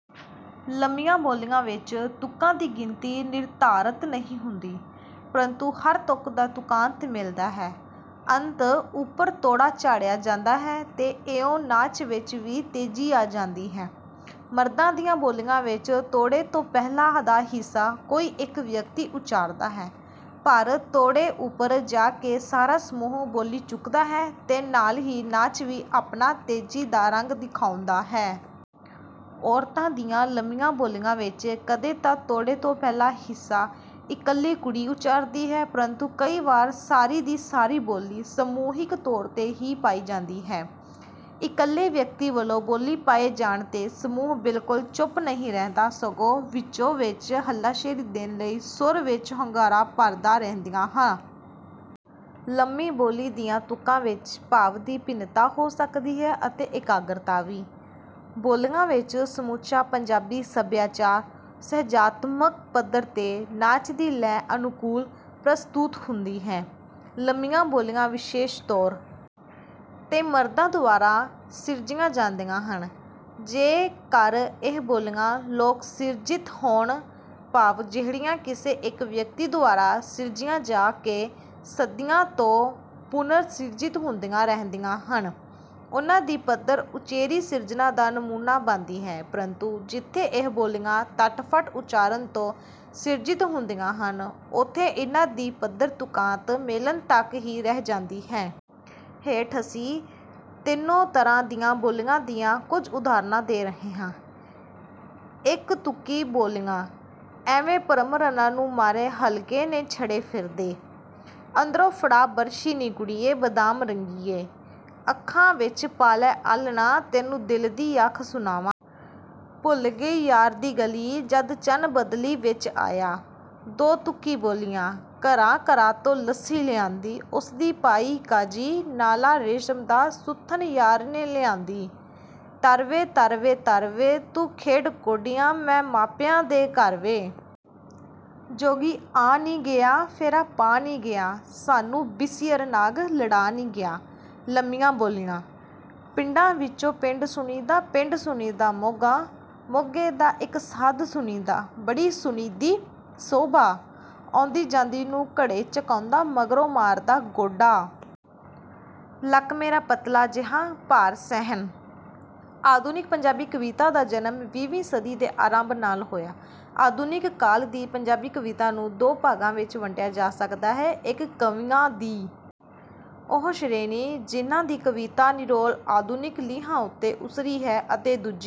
ਲੰਮੀਆਂ ਬੋਲੀਆ ਵਿਚ ਤੁਕਾਂ ਦੀ ਗਿਣਤੀ ਨਿਰਧਾਰਤ ਨਹੀਂ ਹੁੰਦੀ| ਪਰੰਤੂ ਹਰ ਤੁਕ ਦਾ ਤੁਕਾਂਤ ਮਿਲ਼ਦਾ ਹੈ। ਅੰਤ ਉਪਰ ਤੋੜਾ ਝਾੜਿਆ ਜਾਂਦਾ ਹੈ ਤੇ ਇਉਂ ਨਾਚ ਵਿਚ ਵੀ ਤੇਜ਼ੀ ਆ ਜਾਂਦੀ ਹੈ। ਮਰਦਾਂ ਦੀਆਂ ਬੋਲੀਆਂ ਵਿਚ ਤੋੜੇ ਤੋਂ ਪਹਿਲਾਂ ਦਾ ਹਿੱਸਾ ਕੋਈ ਇਕ ਵਿਅਕਤੀ ਉਚਾਰਦਾ ਹੈ ਪਰ ਤੋੜੇ ਉਪਰ ਜਾ ਕੇ ਸਾਰਾ ਸਮੂਹ ਬੋਲੀ ਚੁੱਕਦਾ ਹੈ ਤੇ ਨਾਲ ਹੀ ਨਾਚ ਵੀ ਆਪਣਾ ਤੇਜ਼ੀ ਦਾ ਰੰਗ ਦਿਖਾਉਂਦਾ ਹੈ। ਔਰਤਾਂ ਦੀਆਂ ਲੰਮੀਆਂ ਬੋਲੀਆਂ ਵਿਚ ਕਦੇ ਤਾਂ ਤੋੜੇ ਤੋਂ ਪਹਿਲਾ ਹਿੱਸਾ ਇਕੱਲੀ ਕੁੜੀ ਉਚਾਰਦੀ ਹੈ ਪਰੰਤੂ ਕਈ ਵਾਰ ਸਾਰੀ ਦੀ ਸਾਰੀ ਬੋਲੀ ਸਮੂਹਿਕ ਤੌਰ ਤੇ ਹੀ ਪਾਈ ਜਾਂਦੀ ਹੈ। ਇਕੱਲੇ ਵਿਅਕਤੀ ਵਲੋਂ ਬੋਲੀ ਪਾਏ ਜਾਣ ਤੇ ਸਮੂਹ ਬਿਲਕੁਲ ਚੁੱਪ ਨਹੀਂ ਰਹਿੰਦਾ ਸਗੋਂ ਵਿਚੋ ਵਿਚ ਹਲਾਸ਼ੇਰੀ ਦੇਣ ਦੀ ਸੁਰ ਵਿਚ ਹੁੰਗਾਰਾ ਭਰਦਾ ਰਹਿੰਦਾ ਹੈ। ਲੰਮੀ ਬੋਲੀ ਦੀਆਂ ਤੁਕਾਂ ਵਿਚ ਭਾਵ ਦੀ ਭਿੰਨਤਾ ਹੋ ਸਕਦੀ ਹੈ ਅਤੇ ਇਕਾਗਰਤਾ ਵੀ। ਬੋਲੀਆਂ ਵਿਚ ਸਮੁੱਚਾ ਪੰਜਾਬੀ ਸਭਿਆਚਾਰ ਸੁਹਜਾਤਮਕ ਪੱਧਰ ਤੇ ਨਾਚ ਦੀ ਲੈਅ ਅਨੁਕੂਲ ਪ੍ਰਸਤੁਤ ਹੁੰਦੀ ਹੈ। ਲੰਮੀਆਂ ਬੋਲੀਆਂ ਵਿਸ਼ੇਸ਼ ਤੌਰ ਤੇ ਮਰਦਾਂ ਦੁਆਰਾ ਸਿਰਜੀਆਂ ਜਾਂਦੀਆਂ ਹਨ, ਜੇ ਕਰ ਇਹ ਬੋਲੀਆ ਲੋਕ ਸਿਰਜਤ ਹੋਣ| ਭਾਵ ਜਿਹੜੀਆ ਕਿਸੇ ਇਕ ਵਿਅਕਤੀ ਦੁਆਰਾ ਸਿਰਜੀਆਂ ਜਾ ਕੇ ਸਦੀਆਂ ਤੋਂ ਪੁਨਰ ਸਿਰਜਿਤ ਹੁੰਦੀਆਂ ਰਹਿੰਦੀਆ ਹਨ| ਉਨ੍ਹਾਂ ਦੀ ਪੱਧਰ ਉਚੇਰੀ ਸਿਰਜਣਾ ਦਾ ਨਮੂਨਾ ਬਣਦੀ ਹੈ ਪਰੰਤੂ ਜਿੱਥੇ ਇਹ ਬੋਲੀਆਂ ਤੱਤਫੱਟ ਉਚਾਰਣ ਤੋਂ ਸਿਰਜਿਤ ਹੁੰਦੀਆਂ ਹਨ ਉੱਥੇ ਇਨ੍ਹਾਂ ਦੀ ਪੱਧਰ ਤੁਕਾਂਤ ਮੇਲਣ ਤਕ ਹੀ ਰਹਿ ਜਾਂਦੀ ਹੈ। ਹੇਠਾਂ ਅਸੀਂ ਤਿੰਨੋਂ ਤਰ੍ਹਾਂ ਦੀਆਂ ਬੋਲੀਆਂ ਦੀਆਂ ਕੁਝ ਉਦਾਹਣਾਂ ਦੇ ਰਹੇ ਹਾਂ। ਇਕ ਤੁਕੀ ਬੋਲੀਆਂ, ਐਵੇਂ ਭਰਮ ਰੰਨਾਂ ਨੂੰ ਮਾਰੇ ਹਲਕੇ ਨੇ ਛੜੇ ਫਿਰਦੇ। ਅੰਦਰੋਂ ਫੜਾ ਬਰਛੀ ਨੀ ਕੁੜੀਏ ਬਦਾਮ ਰੰਗੀਏ। ਅੱਖਾਂ ਵਿਚ ਪਾ ਲੈ ਆਲ੍ਹਣਾ, ਤੈਨੂੰ ਦਿਲ ਦੀ ਆਖ ਸੁਣਾਵਾਂ। ਭੁੱਲ ਗਈ ਯਾਰ ਦੀ ਗਲ਼ੀ, ਜਦ ਚੰਨ ਬਦਲੀ ਵਿਚ ਆਇਆ। ਦੋ ਤੁਕੀ ਬੋਲੀਆਂ, ਘਰਾਂ ਘਰਾਂ ਤੋਂ ਲੱਸੀ ਲਿਆਂਦੀ, ਉਸਦੀ ਪਾਈ ਕਾਂਜੀ, ਨਾਲਾ ਰੇਸ਼ਮ ਦਾ ਸੁੱਥਣ ਯਾਰ ਨੇ ਲਿਆਂਦੀ। ਤਰ ਵੇ ਤਰ ਵੇ ਤਰ ਵੇ, ਤੂੰ ਖੇਡ ਕੌਡੀਆਂ ਮੈਂ ਮਾਪਿਆਂ ਦੇ ਘਰ ਵੇ। ਜੋਗੀ ਆ ਨੀ ਗਿਆ, ਫੇਰਾ ਪਾ ਨੀ ਗਿਆ, ਸਾਨੂੰ ਬਿਸੀਅਰ ਨਾਗ ਲੜਾ ਨੀ ਗਿਆ। ਲੰਮੀਆਂ ਬੋਲੀਆਂ, ਪਿੰਡਾਂ ਵਿਚੋਂ ਪਿੰਡ ਸੁਣੀਦਾ ਪਿੰਡ ਸੁਣੀਂਦਾ ਮੋਗਾ, ਮੋਗੇ ਦਾ ਇਕ ਸਾਧ ਸੁਣੀਂਦਾ ਬੜੀ ਸੁਣੀਂਦੀ ਸੋਭਾ। ਆਉਂਦੀ ਜਾਂਦੀ ਨੂੰ ਘੜਾ ਚਕਾਉਂਦਾ ਮਗਰੋਂ ਮਾਰਦਾ ਗੋਡਾ। ਲੱਕ ਮੇਰਾ ਪਤਲਾ ਜਿਹਾ ਭਾਰ ਸਹਿਣ। ਆਧੁਨਿਕ ਪੰਜਾਬੀ ਕਵਿਤਾ ਦਾ ਜਨਮ ਵੀਹਵੀਂ ਸਦੀ ਦੇ ਆਰੰਭ ਨਾਲ ਹੋਇਆ। ਆਧੁਨਿਕ ਕਾਲ ਦੀ ਪੰਜਾਬੀ ਕਵਿਤਾ ਨੂੰ ਦੋ ਭਾਗਾਂ ਵਿੱਚ ਵੰਡਿਆ ਜਾ ਸਕਦਾ ਹੈ। ਇੱਕ ਕਵੀਆਂ ਦੀ ਉਹ ਸ਼੍ਰੇਣੀ ਜਿਹਨਾਂ ਦੀ ਕਵਿਤਾ ਨਿਰੋਲ ਆਧੁਨਿਕ ਲੀਹਾਂ ਉੱਤੇ ਉਸਰੀ ਹੈ, ਅਤੇ ਦੂਜੀ